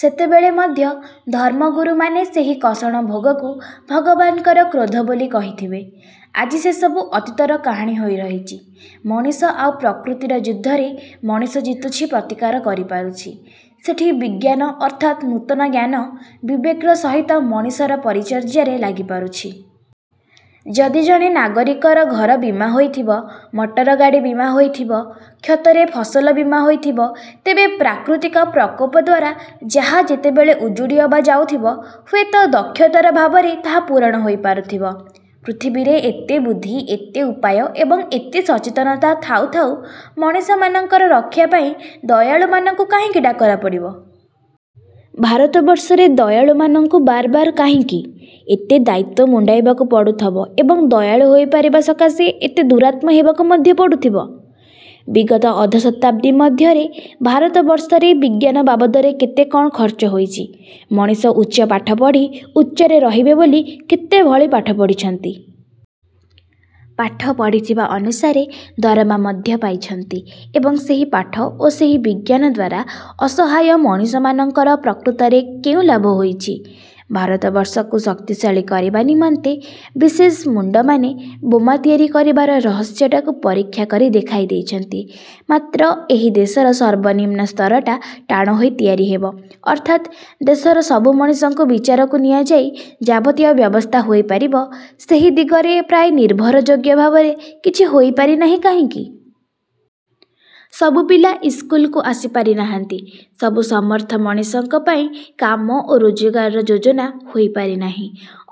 ସେତେବେଳେ ମଧ୍ୟ ଧର୍ମଗୁରୁମାନେ ସେହି କଷଣ ଭୋଗକୁ ଭଗବାନଙ୍କର କ୍ରୋଧ ବୋଲି କହିଥିବେ। ଆଜି ସେସବୁ ଅତୀତର କାହାଣୀ ହୋଇ ରହିଛି। ମଣିଷ ଆଉ ପ୍ରକୃତିର ଯୁଦ୍ଧରେ ମଣିଷ ଜିତୁଛି ପ୍ରତିକାର କରିପାରୁଛି। ସେଠି ବିଜ୍ଞାନ ଅର୍ଥାତ୍ ନୂତନ ଜ୍ଞାନ ବିବେକର ସହିତ ମଣିଷର ପରିଚର୍ଯ୍ୟାରେ ଲାଗିପାରୁଛି। ଯଦି ଜଣେ ନାଗରିକର ଘର ବୀମା ହୋଇଥିବ, ମଟରଗାଡ଼ି ବୀମା ହୋଇଥିବ, କ୍ଷେତରେ ଫସଲ ବୀମା ହୋଇଥିବ, ତେବେ ପ୍ରାକୃତିକ ପ୍ରକୋପ ଦ୍ଵାରା ଯାହା ଯେତେବେଳେ ଉଜୁଡ଼ି ଅବା ଯାଉଥିବ, ହୁଏତ ଦକ୍ଷତାର ଭାବରେ ତାହା ପୂରଣ ହୋଇପାରୁଥିବ। ପୃଥିବୀରେ ଏତେ ବୁଦ୍ଧି, ଏତେ ଉପାୟ ଏବଂ ଏତେ ସଚେତନତା ଥାଉ ଥାଉ ମଣିଷମାନଙ୍କର ରକ୍ଷା ପାଇଁ ଦୟାଳୁମାନଙ୍କୁ କାହିଁକି ଡାକରା ପଡ଼ିବ? ଭାରତବର୍ଷରେ ଦୟାଳୁମାନଙ୍କୁ ବାରବାର କାହିଁକି? ଏତେ ଦାୟିତ୍ଵ ମୁଣ୍ଡାଇବାକୁ ପଡୁଥବ ଏବଂ ଦୟାଳୁ ହୋଇପାରିବା ସକାଶେ ଏତେ ଦୁରାତ୍ମ ହେବାକୁ ମଧ୍ୟ ପଡୁଥିବ? ବିଗତ ଅଧଶତାବ୍ଦୀ ମଧ୍ୟରେ ଭାରତବର୍ଷରେ ବିଜ୍ଞାନ ବାବଦରେ କେତେ କ'ଣ ଖରଚ ହୋଇଛି। ମଣିଷ ଉଚ୍ଚ ପାଠ ପଢ଼ି ଉଚ୍ଚରେ ରହିବେ ବୋଲି କେତେ ଭଳି ପାଠ ପଢ଼ିଛନ୍ତି। ପାଠ ପଢ଼ିଥିବା ଅନୁସାରେ ଦରମା ମଧ୍ୟ ପାଇଛନ୍ତି ଏବଂ ସେହି ପାଠ ଓ ସେହି ବିଜ୍ଞାନ ଦ୍ଵାରା ଅସହାୟ ମଣିଷମାନଙ୍କର ପ୍ରକୃତରେ କେଉଁ ଲାଭ ହୋଇଛି? ଭାରତବର୍ଷକୁ ଶକ୍ତିଶାଳୀ କରିବା ନିମନ୍ତେ ବିଶେଷ ମୁଣ୍ଡମାନେ ବୋମା ତିଆରି କରିବାର ରହସ୍ୟଟାକୁ ପରୀକ୍ଷା କରି ଦେଖାଇ ଦେଇଛନ୍ତି ମାତ୍ର, ଏହି ଦେଶର ସର୍ବନିମ୍ନ ସ୍ତରଟା ଟାଣ ହୋଇ ତିଆରି ହେବ, ଅର୍ଥାତ୍ ଦେଶର ସବୁ ମଣିଷଙ୍କୁ ବିଚାରକୁ ନିଆଯାଇ ଯାବତୀୟ ବ୍ୟବସ୍ଥା ହୋଇପାରିବ, ସେହି ଦିଗରେ ପ୍ରାୟ ନିର୍ଭରଯୋଗ୍ୟ ଭାବରେ କିଛି ହୋଇପାରିନାହିଁ କାହିଁକି? ସବୁ ପିଲା ଇସ୍କୁଲକୁ ଆସି ପାରିନାହାନ୍ତି, ସବୁ ସମର୍ଥ ମଣିଷଙ୍କ ପାଇଁ କାମ ଓ ରୋଜଗାରର ଯୋଜନା ହୋଇପାରିନାହିଁ।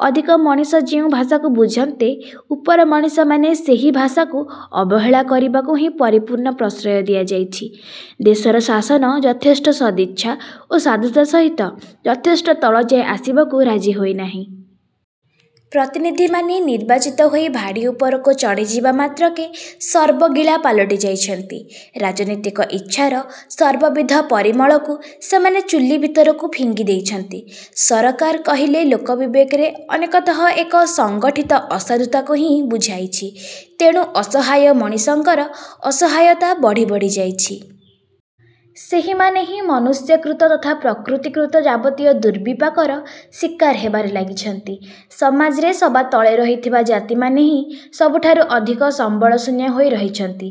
ଅଧିକ ମଣିଷ ଯେଉଁ ଭାଷାକୁ ବୁଝନ୍ତେ, ଉପର ମଣିଷମାନେ ସେହି ଭାଷାକୁ ଅବହେଳା କରିବାକୁ ହିଁ ପରିପୂର୍ଣ୍ଣ ପ୍ରଶ୍ରୟ ଦିଆଯାଇଛି। ଦେଶର ଶାସନ ଯଥେଷ୍ଟ ସଦିଚ୍ଛା ଓ ସାଧୁତା ସହିତ ଯଥେଷ୍ଟ ତଳଯାଏ ଆସିବାକୁ ରାଜି ହୋଇନାହିଁ। ପ୍ରତିନିଧିମାନେ ନିର୍ବାଚିତ ହୋଇ ଭାଡ଼ି ଉପରକୁ ଚଢ଼ିଯିବା ମାତ୍ରକେ ସର୍ବଗିଳା ପାଲଟି ଯାଇଛନ୍ତି। ରାଜନୀତିକ ଇଚ୍ଛାର ସର୍ବବିଧ ପରିମଳକୁ ସେମାନେ ଚୂଲି ଭିତରକୁ ଫିଙ୍ଗି ଦେଇଛନ୍ତି। ସରକାର କହିଲେ ଲୋକ ବିବେକରେ ଅନେକତଃ ଏକ ସଂଗଠିତ ଅସାଧୁତାକୁ ହିଁ ବୁଝାଇଛି। ତେଣୁ, ଅସହାୟ ମଣିଷଙ୍କର ଅସହାୟତା ବଢ଼ି ବଢ଼ି ଯାଇଛି। ସେହିମାନେ ହିଁ ମନୁଷ୍ୟକୃତ ତଥା ପ୍ରକୃତିକୃତ ଯାବତୀୟ ଦୁର୍ବିପାକର ଶିକାର ହେବାରେ ଲାଗିଛନ୍ତି। ସମାଜରେ ସବା ତଳେ ରହିଥିବା ଜାତିମାନେ ହିଁ ସବୁଠାରୁ ଅଧିକ ସମ୍ବଳଶୂନ୍ୟ ହୋଇ ରହିଛନ୍ତି।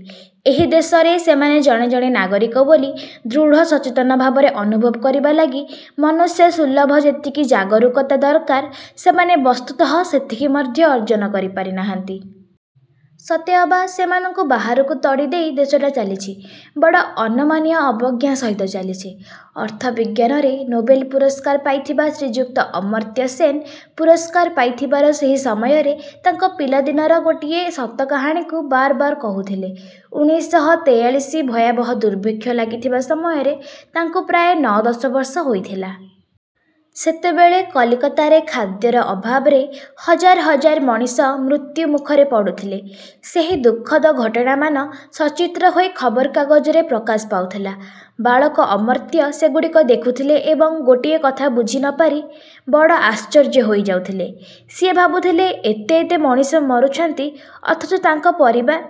ଏହି ଦେଶରେ ସେମାନେ ଜଣେ ଜଣେ ନାଗରିକ ବୋଲି ଦୃଢ଼ସଚେତନ ଭାବରେ ଅନୁଭବ କରିବା ଲାଗି ମନୁଷ୍ୟସୁଲଭ ଯେତିକି ଜାଗରୂକତା ଦରକାର, ସେମାନେ ବସ୍ତୁତଃ ସେତିକି ମଧ୍ୟ ଅର୍ଜନ କରି ପାରିନାହାନ୍ତି। ସତେଅବା ସେମାନଙ୍କୁ ବାହାରକୁ ତଡ଼ିଦେଇ ଦେଶଟା ଚାଲିଛି, ବଡ଼ ଅନମନୀୟ ଅବଜ୍ଞା ସହିତ ଚାଲିଛି। ଅର୍ଥବିଜ୍ଞାନରେ ନୋବେଲ ପୁରସ୍କାର ପାଇଥିବା ଶ୍ରୀଯୁକ୍ତ ଅମର୍ତ୍ତ୍ୟ ସେନ ପୁରସ୍କାର ପାଇଥିବାର ସେହି ସମୟରେ ତାଙ୍କ ପିଲାଦିନର ଗୋଟିଏ ସତ କାହାଣୀକୁ ବାରବାର କହୁଥିଲେ। ଉଣେଇଶହ ତେଇଆଳୀଶି ଭୟାବହ ଦୁର୍ଭିକ୍ଷ ଲାଗିଥିବା ସମୟରେ, ତାଙ୍କୁ ପ୍ରାୟ ନଅ ଦଶ ବର୍ଷ ହୋଇଥିଲା। ସେତେବେଳେ କଲିକତାରେ ଖାଦ୍ୟର ଅଭାବରେ, ହଜାର ହଜାର ମଣିଷ ମୃତ୍ୟୁମୁଖରେ ପଡୁଥିଲେ। ସେହି ଦୁଃଖଦ ଘଟଣାମାନ ସଚିତ୍ର ହୋଇ ଖବରକାଗଜରେ ପ୍ରକାଶ ପାଉଥିଲା। ବାଳକ ଅମର୍ତ୍ତ୍ୟ ସେଗୁଡ଼ିକୁ ଦେଖୁଥିଲେ ଏବଂ ଗୋଟିଏ କଥା ବୁଝି ନପାରି ବଡ଼ ଆଶ୍ଚର୍ଯ୍ୟ ହୋଇ ଯାଉଥିଲେ। ସିଏ ଭାବୁଥିଲେ, ଏତେ ଏତେ ମଣିଷ ମରୁଛନ୍ତି, ଅଥଚ ତାଙ୍କ ପରିବା